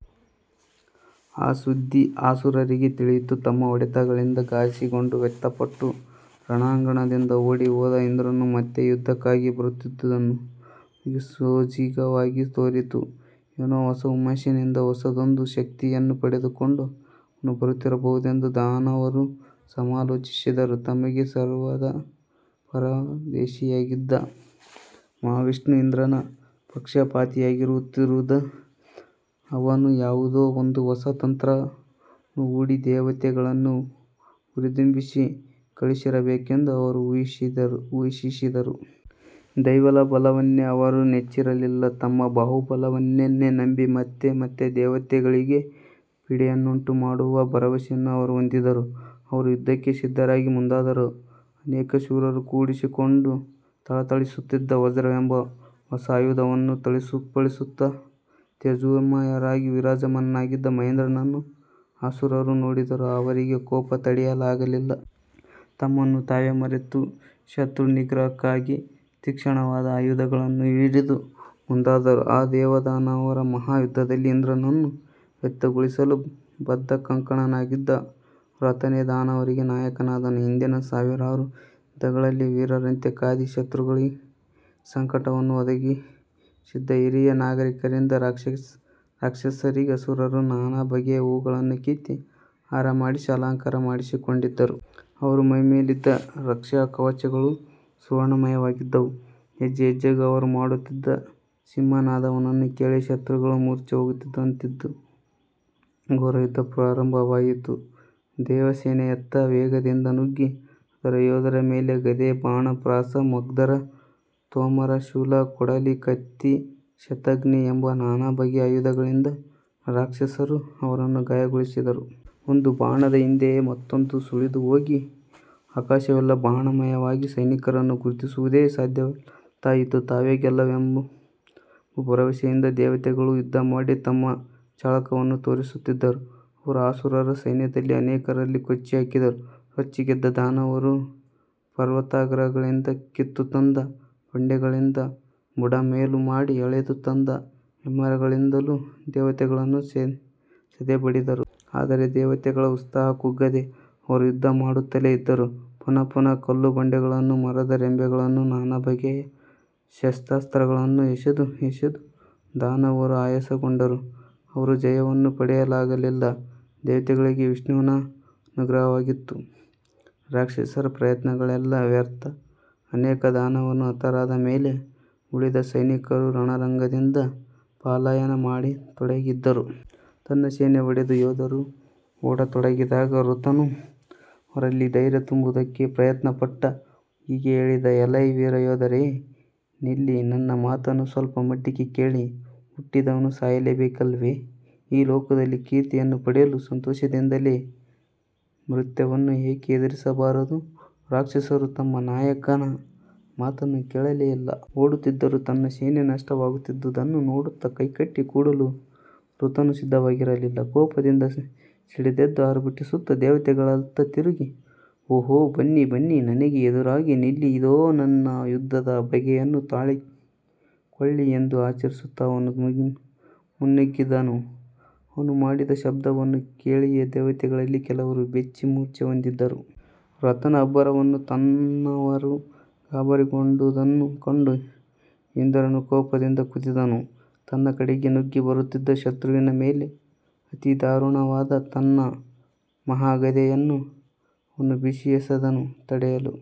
ಆ ಸುದ್ದಿ ಅಸುರರಿಗೆ ತಿಳಿಯಿತು. ತಮ್ಮ ಹೊಡೆತಗಳಿಂದ ಗಾಸಿಗೊಂಡು ವ್ಯಥೆಪಟ್ಟು ರಣಾಂಗಣದಿಂದ ಓಡಿ ಹೋದ ಇಂದ್ರನು ಮತ್ತೆ ಯುದ್ಧಕ್ಕಾಗಿ ಬರುತ್ತಿದ್ದುದು ಅವರಿಗೆ ಸೋಜಿಗವಾಗಿ ತೋರಿತು. ಏನೋ ಹೊಸ ಹುಮ್ಮಸ್ಸಿನಿಂದ ಹೊಸದೊಂದು ಶಕ್ತಿಯನ್ನು ಪಡೆದುಕೊಂಡು ಅವನು ಬರುತ್ತಿರಬಹುದೆಂದು ದಾನವರು ಸಮಾಲೋಚಿಸಿದರು. ತಮಗೆ ಸರ್ವದಾ ಪರಮ ದ್ವೇಷಿಯಾಗಿದ್ದ ಮಹಾವಿಷ್ಣು ಇಂದ್ರನ ಪಕ್ಷಪಾತಿಯಾಗಿರುತ್ತಿದ್ದುದರಿಂದ ಅವನು ಯಾವುದೋ ಒಂದು ಹೊಸ ತಂತ್ರವನ್ನು ಹೂಡಿ ದೇವತೆಗಳನ್ನು ಹುರಿದುಂಬಿಸಿ ಕಳುಹಿಸಿರಬೇಕೆಂದು ಅವರು ಊಹಿಸಿದರು. ದೈವಬಲವನ್ನೇ ಅವರು ನೆಚ್ಚಿರಲಿಲ್ಲ; ತಮ್ಮ ಬಾಹುಬಲವನ್ನೇ ನಂಬಿ ಮತ್ತೆ ಮತ್ತೆ ದೇವತೆಗಳಿಗೆ ಪೀಡೆಯನ್ನುಂಟುಮಾಡುವ ಭರವಸೆಯನ್ನು ಅವರು ಹೊಂದಿದರು. ಅವರೂ ಯುದ್ಧಕ್ಕೆ ಸಿದ್ಧರಾಗಿ ಮುಂದಾದರು. ಅನೇಕ ಶೂರರನ್ನು ಕೂಡಿಸಿಕೊಂಡು ಥಳಥಳಿಸುತ್ತಿದ್ದ ವಜ್ರವೆಂಬ ಹೊಸ ಆಯುಧವನ್ನು ಝಳಪಿಸುತ್ತಾ ತೇಜೋಮಯನಾಗಿ ವಿರಾಜಮಾನನಾಗಿದ್ದ ಮಹೇಂದ್ರನನ್ನು ಅಸುರರು ನೋಡಿದರು. ಅವರಿಗೆ ಕೋಪ ತಡೆಯಲಾಗಲಿಲ್ಲ. ತಮ್ಮನ್ನು ತಾವೇ ಮರೆತು, ಶತ್ರುನಿಗ್ರಹಕ್ಕಾಗಿ ತೀಕ್ಷ್ಣವಾದ ಆಯುಧಗಳನ್ನು ಹಿರಿದು ಮುಂದಾದರು. ಆ ದೇವದಾನವರ ಮಹಾ ಯುದ್ಧದಲ್ಲಿ ಇಂದ್ರನನ್ನು ವ್ಯಥೆಗೊಳಿಸಲು ಬದ್ಧಕಂಕಣನಾಗಿದ್ದ ವ್ರತನೇ ದಾನವರಿಗೆ ನಾಯಕನಾದನು. ಹಿಂದಿನ ಸಾವಿರಾರು ಯುದ್ಧಗಳಲ್ಲಿ ವೀರರಂತೆ ಕಾದಿ ಶತ್ರುಗಳಿಗೆ ಸಂಕಟವನ್ನು ಒದಗಿಸಿದ್ದ ಹಿರಿಯ ನಾಯಕರಿದ್ದರು ರಾಕ್ಷಸರಿಗೆ. ಅಸುರರು ನಾನಾ ಬಗೆಯ ಹೂಗಳನ್ನು ಕಿತ್ತಿ ಹಾರಮಾಡಿಸಿ ಅಲಂಕಾರ ಮಾಡಿಕೊಂಡಿದ್ದರು. ಅವರ ಮೈಮೇಲಿದ್ದ ರಕ್ಷಾ ಕವಚಗಳು ಸುವರ್ಣಮಯವಾಗಿದ್ದವು. ಹೆಜ್ಜೆಹೆಜ್ಜೆಗೂ ಅವರು ಮಾಡುತ್ತಿದ್ದ ಸಿಂಹನಾದವನ್ನು ಕೇಳಿಯೇ ಶತ್ರುಗಳು ಮೂರ್ಛೆ ಹೋಗುವಂತಿದ್ದಿತು. ಘೋರ ಯುದ್ಧ ಪ್ರಾರಂಭವಾಯಿತು. ದೇವಸೇನೆಯತ್ತ ವೇಗದಿಂದ ನುಗ್ಗಿ ಅದರ ಯೋಧರ ಮೇಲೆ ಗದೆ, ಬಾಣ, ಪ್ರಾಸ, ಮುದ್ಗರ, ತೋಮರ, ಶೂಲ, ಕೊಡಲಿ, ಕತ್ತಿ, ಶತಘ್ನೀ ಎಂಬ ನಾನಾ ಬಗೆಯ ಆಯುಧಗಳಿಂದ ರಾಕ್ಷಸರು ಅವರನ್ನು ಗಾಯಗೊಳಿಸಿದರು. ಒಂದು ಬಾಣದ ಹಿಂದೆಯೇ ಮತ್ತೊಂದು ಸುಳಿದು ಹೋಗಿ ಆಕಾಶವೆಲ್ಲ ಬಾಣಮಯವಾಗಿ ಸೈನಿಕರನ್ನು ಗುರುತಿಸುವುದೇ ಸಾಧ್ಯವಿಲ್ಲದಂತಾಯಿತು. ತಾವೇ ಗೆಲ್ಲುವೆವೆಂಬ ಭರವಸೆಯಿಂದ ದೇವತೆಗಳೂ ಯುದ್ಧಮಾಡಿ ತಮ್ಮ ಚಳಕವನ್ನು ತೋರಿಸುತ್ತಿದ್ದರು. ಅವರೂ ಅಸುರರ ಸೈನ್ಯದಲ್ಲಿ ಅನೇಕರನ್ನು ಕೊಚ್ಚಿಹಾಕಿದರು. ರೊಚ್ಚಿಗೆದ್ದ ದಾನವರು ಪರ್ವತಾಗ್ರಗಳಿಂದ ಕಿತ್ತುತಂದ ಬಂಡೆಗಳಿಂದಲೂ ಬುಡಮೇಲು ಮಾಡಿ ಎಳೆದು ತಂದ ಹೆಮ್ಮರಗಳಿಂದಲೂ ದೇವತೆಗಳನ್ನು ಸದೆಬಡಿದರು. ಆದರೆ ದೇವತೆಗಳ ಉತ್ಸಾಹ ಕುಗ್ಗದೆ ಅವರು ಯುದ್ಧ ಮಾಡುತ್ತಲೇ ಇದ್ದರು. ಪುನಃ ಪುನಃ ಕಲ್ಲುಬಂಡೆಗಳನ್ನೂ ಮರದ ರೆಂಬೆಗಳನ್ನೂ ನಾನಾ ಬಗೆಯ ಶಸ್ತ್ರಾಸ್ತ್ರಗಳನ್ನೂ ಎಸೆದು ಎಸೆದು ದಾನವರು ಆಯಾಸಗೊಂಡರೂ ಅವರು ಜಯವನ್ನು ಪಡೆಯಲಾಗಲಿಲ್ಲ. ದೇವತೆಗಳಿಗೆ ವಿಷ್ಣುವಿನ ಅನುಗ್ರಹವಾಗಿತ್ತು. ರಾಕ್ಷಸರ ಪ್ರಯತ್ನಗಳೆಲ್ಲ ವ್ಯರ್ಥ. ಅನೇಕ ದಾನವರು ಹತರಾದ ಮೇಲೆ ಉಳಿದ ಸೈನಿಕರು ರಣರಂಗದಿಂದ ಪಲಾಯನ ಮಾಡತೊಡಗಿದ್ದರು. ತನ್ನ ಸೇನೆ ಒಡೆದು ಯೋಧರು ಓಡತೊಡಗಿದಾಗ ವೃತ್ರನು ಅವರಲ್ಲಿ ಧೈರ್ಯ ತುಂಬುವುದಕ್ಕೆ ಪ್ರಯತ್ನಪಟ್ಟ. ಅವರಿಗೆ ಹೀಗೆ ಹೇಳಿದ: "ಎಲೈ ವೀರಯೋಧರೇ! ನಿಲ್ಲಿ, ನನ್ನ ಮಾತನ್ನು ಸ್ವಲ್ಪಮಟ್ಟಿಗೆ ಕೇಳಿ. ಹುಟ್ಟಿದವನು ಸಾಯಲೇಬೇಕಲ್ಲವೆ? ಈ ಲೋಕದಲ್ಲಿ ಕೀರ್ತಿಯನ್ನು ಪಡೆಯಲು ಸಂತೋಷದಿಂದಲೇ ಮೃತ್ಯುವನ್ನು ಏಕೆ ಎದುರಿಸಬಾರದು? " ರಾಕ್ಷಸರು ತಮ್ಮ ನಾಯಕನ ಮಾತನ್ನು ಕೇಳಲೇ ಇಲ್ಲ. ಓಡುತ್ತಿದ್ದರು. ತನ್ನ ಸೇನೆ ನಷ್ಟವಾಗುತ್ತಿದ್ದುದನ್ನು ನೋಡುತ್ತಾ ಕೈಕಟ್ಟಿ ಕೂಡಲು ವೃತ್ರನೂ ಸಿದ್ಧವಾಗಿರಲಿಲ್ಲ. ಕೋಪದಿಂದ ಸಿಡಿದೆದ್ದು ಆರ್ಭಟಿಸುತ್ತಾ ದೇವತೆಗಳತ್ತ ತಿರುಗಿ, "ಓಹೋ, ಬನ್ನಿ, ಬನ್ನಿ! ನನಗೆ ಎದುರಾಗಿ ನಿಲ್ಲಿ! ಇದೋ, ನನ್ನ ಯುದ್ಧದ ಬೇಗೆಯನ್ನು ತಾಳಿಕೊಳ್ಳಿ" ಎಂದು ಅರಚುತ್ತಾ ಅವನು ಮುನ್ನುಗ್ಗಿದನು. ಅವನು ಮಾಡಿದ ಶಬ್ದವನ್ನು ಕೇಳಿಯೇ ದೇವತೆಗಳಲ್ಲಿ ಕೆಲವರು ಬೆಚ್ಚಿ ಮೂರ್ಛೆ ಹೊಂದಿದರು. ವೃತ್ರನ ಅಬ್ಬರವನ್ನೂ ತನ್ನವರು ಗಾಬರಿಗೊಂಡುದನ್ನೂ ಕಂಡು ಇಂದ್ರನು ಕೋಪದಿಂದ ಕುದಿದನು. ತನ್ನ ಕಡೆಗೇ ನುಗ್ಗಿ ಬರುತ್ತಿದ್ದ ಶತ್ರುವಿನ ಮೇಲೆ ಅತಿದಾರುಣವಾದ ತನ್ನ ಮಹಾಗದೆಯನ್ನು ಅವನು ಬೀಸಿ ಎಸೆದನು. ತಡೆಯಲು